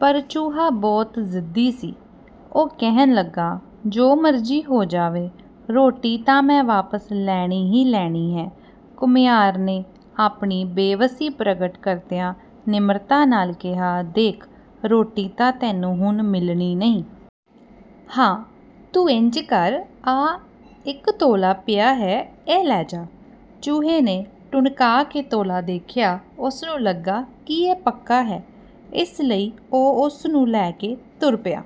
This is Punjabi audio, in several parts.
ਪਰ ਚੂਹਾ ਬਹੁਤ ਜ਼ਿੱਦੀ ਸੀ, ਉਹ ਕਹਿਣ ਲੱਗਾ, "ਜੋ ਮਰਜ਼ੀ ਹੋ ਜਾਵੇ, ਰੋਟੀ ਤਾਂ ਮੈਂ ਵਾਪਸ ਲੈਣੀ ਹੀ ਲੈਣੀ ਹੈ।" ਘੁਮਿਆਰ ਨੇ ਆਪਣੀ ਬੇਵਸੀ ਪ੍ਰਗਟ ਕਰਦਿਆਂ ਨਿਮਰਤਾ ਨਾਲ ਕਿਹਾ, "ਦੇਖ, ਰੋਟੀ ਤਾਂ ਤੈਨੂੰ ਹੁਣ ਮਿਲਣੀ ਨਹੀਂ। ਹਾਂ, ਤੂੰ ਇੰਜ ਕਰ, ਆਹ ਇੱਕ ਤੌਲਾ ਪਿਆ ਹੈ, ਇਹ ਲੈ ਜਾ।" ਚੂਹੇ ਨੇ ਟੁਣਕਾ ਕੇ ਤੌਲਾ ਦੇਖਿਆ, ਉਸ ਨੂੰ ਲੱਗਾ ਕਿ ਇਹ ਪੱਕਾ ਹੈ, ਇਸ ਲਈ ਉਹ ਉਸ ਨੂੰ ਲੈ ਕੇ ਤੁਰ ਪਿਆ।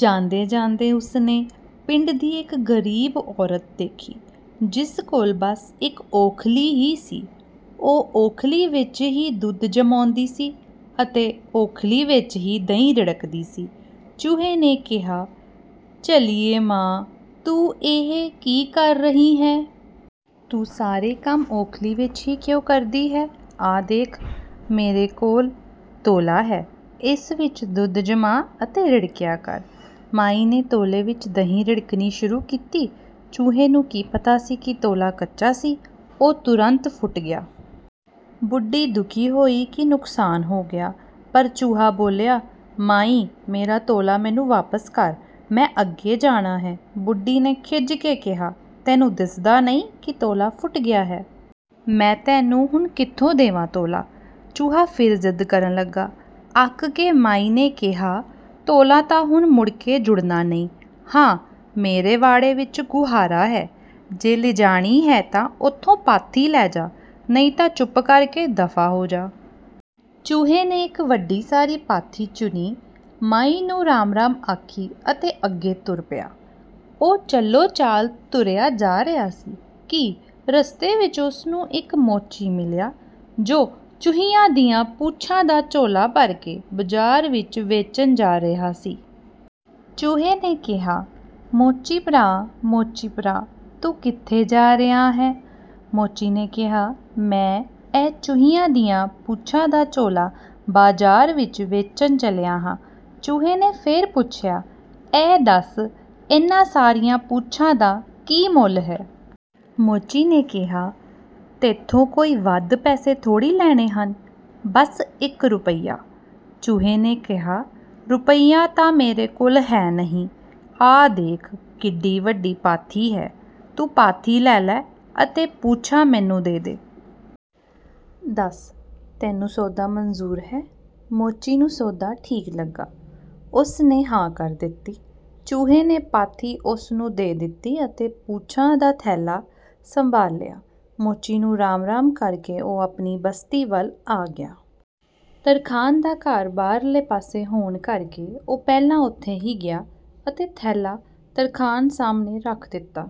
ਜਾਂਦੇ-ਜਾਂਦੇ ਉਸ ਨੇ ਪਿੰਡ ਦੀ ਇੱਕ ਗ਼ਰੀਬ ਔਰਤ ਦੇਖੀ, ਜਿਸ ਕੋਲ ਬਸ ਇੱਕ ਉੱਖਲੀ ਹੀ ਸੀ। ਉਹ ਉੱਖਲੀ ਵਿੱਚ ਹੀ ਦੁੱਧ ਜਮਾਉਂਦੀ ਸੀ ਅਤੇ ਉੱਖਲੀ ਵਿੱਚ ਹੀ ਦਹੀਂ ਰਿੜਕਦੀ ਸੀ। ਚੂਹੇ ਨੇ ਕਿਹਾ, "ਝੱਲੀਏ ਮਾਂ, ਤੂੰ ਇਹ ਕੀ ਕਰ ਰਹੀ ਹੈਂ? ਤੂੰ ਸਾਰੇ ਕੰਮ ਉੱਖਲੀ ਵਿੱਚ ਹੀ ਕਿਉਂ ਕਰਦੀ ਹੈਂ? ਆਹ ਦੇਖ, ਮੇਰੇ ਕੋਲ ਤੌਲਾ ਹੈ, ਇਸ ਵਿੱਚ ਦੁੱਧ ਜਮਾ ਅਤੇ ਰਿੜਕਿਆ ਕਰ।" ਮਾਈ ਨੇ ਤੌਲੇ ਵਿੱਚ ਦਹੀਂ ਰਿੜਕਣੀ ਸ਼ੁਰੂ ਕੀਤੀ। ਚੂਹੇ ਨੂੰ ਕੀ ਪਤਾ ਸੀ ਕਿ ਤੌਲਾ ਕੱਚਾ ਸੀ, ਉਹ ਤੁਰੰਤ ਫੁੱਟ ਗਿਆ। ਬੁੱਢੀ ਦੁਖੀ ਹੋਈ ਕਿ ਨੁਕਸਾਨ ਹੋ ਗਿਆ, ਪਰ ਚੂਹਾ ਬੋਲਿਆ, "ਮਾਈ, ਮੇਰਾ ਤੌਲਾ ਮੈਨੂੰ ਵਾਪਸ ਕਰ, ਮੈਂ ਅੱਗੇ ਜਾਣਾ ਹੈ।" ਬੁੱਢੀ ਨੇ ਖਿਝ ਕੇ ਕਿਹਾ, "ਤੈਨੂੰ ਦਿਸਦਾ ਨਹੀਂ ਕਿ ਤੌਲਾ ਫੁੱਟ ਗਿਆ ਹੈ? ਮੈਂ ਤੈਨੂੰ ਹੁਣ ਕਿੱਥੋਂ ਦੇਵਾਂ ਤੌਲਾ?" ਚੂਹਾ ਫਿਰ ਜ਼ਿੱਦ ਕਰਨ ਲੱਗਾ। ਅੱਕ ਕੇ ਮਾਈ ਨੇ ਕਿਹਾ, "ਤੌਲਾ ਤਾਂ ਹੁਣ ਮੁੜ ਕੇ ਜੁੜਨਾ ਨਹੀਂ। ਹਾਂ, ਮੇਰੇ ਵਾੜੇ ਵਿੱਚ ਗੁਹਾਰਾ ਹੈ, ਜੇ ਲਿਜਾਣੀ ਹੈ ਤਾਂ ਉੱਥੋਂ ਪਾਥੀ ਲੈ ਜਾ, ਨਹੀਂ ਤਾਂ ਚੁੱਪ ਕਰ ਕੇ ਦਫ਼ਾ ਹੋ ਜਾ।" ਚੂਹੇ ਨੇ ਇੱਕ ਵੱਡੀ ਸਾਰੀ ਪਾਥੀ ਚੁਣੀ, ਮਾਈ ਨੂੰ ਰਾਮ-ਰਾਮ ਆਖੀ ਅਤੇ ਅੱਗੇ ਤੁਰ ਪਿਆ। ਉਹ ਚਲੋ-ਚਾਲ ਤੁਰਿਆ ਜਾ ਰਿਹਾ ਸੀ ਕਿ ਰਸਤੇ ਵਿੱਚ ਉਸ ਨੂੰ ਇੱਕ ਮੋਚੀ ਮਿਲਿਆ, ਜੋ ਚੂਹਿਆਂ ਦੀਆਂ ਪੂਛਾਂ ਦਾ ਝੋਲਾ ਭਰ ਕੇ ਬਾਜ਼ਾਰ ਵਿੱਚ ਵੇਚਣ ਜਾ ਰਿਹਾ ਸੀ। ਚੂਹੇ ਨੇ ਕਿਹਾ, "ਮੋਚੀ ਭਰਾ, ਮੋਚੀ ਭਰਾ! ਤੂੰ ਕਿੱਥੇ ਜਾ ਰਿਹਾ ਹੈਂ?" ਮੋਚੀ ਨੇ ਕਿਹਾ, "ਮੈਂ ਇਹ ਚੂਹਿਆਂ ਦੀਆਂ ਪੂਛਾਂ ਦਾ ਝੋਲਾ ਬਾਜ਼ਾਰ ਵਿੱਚ ਵੇਚਣ ਚੱਲਿਆ ਹਾਂ।" ਚੂਹੇ ਨੇ ਫਿਰ ਪੁੱਛਿਆ, "ਇਹ ਦੱਸ, ਇਹਨਾਂ ਸਾਰੀਆਂ ਪੂਛਾਂ ਦਾ ਕੀ ਮੁੱਲ ਹੈ?" ਮੋਚੀ ਨੇ ਕਿਹਾ, "ਤੈਥੋਂ ਕੋਈ ਵੱਧ ਪੈਸੇ ਥੋੜ੍ਹੀ ਲੈਣੇ ਹਨ, ਬਸ ਇੱਕ ਰੁਪਿਆ।" ਚੂਹੇ ਨੇ ਕਿਹਾ, "ਰੁਪਿਆ ਤਾਂ ਮੇਰੇ ਕੋਲ ਹੈ ਨਹੀਂ, ਆਹ ਦੇਖ ਕਿੱਡੀ ਵੱਡੀ ਪਾਥੀ ਹੈ। ਤੂੰ ਪਾਥੀ ਲੈ ਲੈ ਅਤੇ ਪੂਛਾਂ ਮੈਨੂੰ ਦੇ ਦੇ। ਦੱਸ, ਤੈਨੂੰ ਸੌਦਾ ਮਨਜ਼ੂਰ ਹੈ?" ਮੋਚੀ ਨੂੰ ਸੌਦਾ ਠੀਕ ਲੱਗਾ, ਉਸ ਨੇ ਹਾਂ ਕਰ ਦਿੱਤੀ। ਚੂਹੇ ਨੇ ਪਾਥੀ ਉਸ ਨੂੰ ਦੇ ਦਿੱਤੀ ਅਤੇ ਪੂਛਾਂ ਦਾ ਥੈਲਾ ਸੰਭਾਲ ਲਿਆ। ਮੋਚੀ ਨੂੰ ਰਾਮ-ਰਾਮ ਕਰ ਕੇ ਉਹ ਆਪਣੀ ਬਸਤੀ ਵੱਲ ਆ ਗਿਆ। ਤਰਖਾਣ ਦਾ ਘਰ ਬਾਹਰਲੇ ਪਾਸੇ ਹੋਣ ਕਰਕੇ ਉਹ ਪਹਿਲਾਂ ਉੱਥੇ ਹੀ ਗਿਆ ਅਤੇ ਥੈਲਾ ਤਰਖਾਣ ਸਾਹਮਣੇ ਰੱਖ ਦਿੱਤਾ।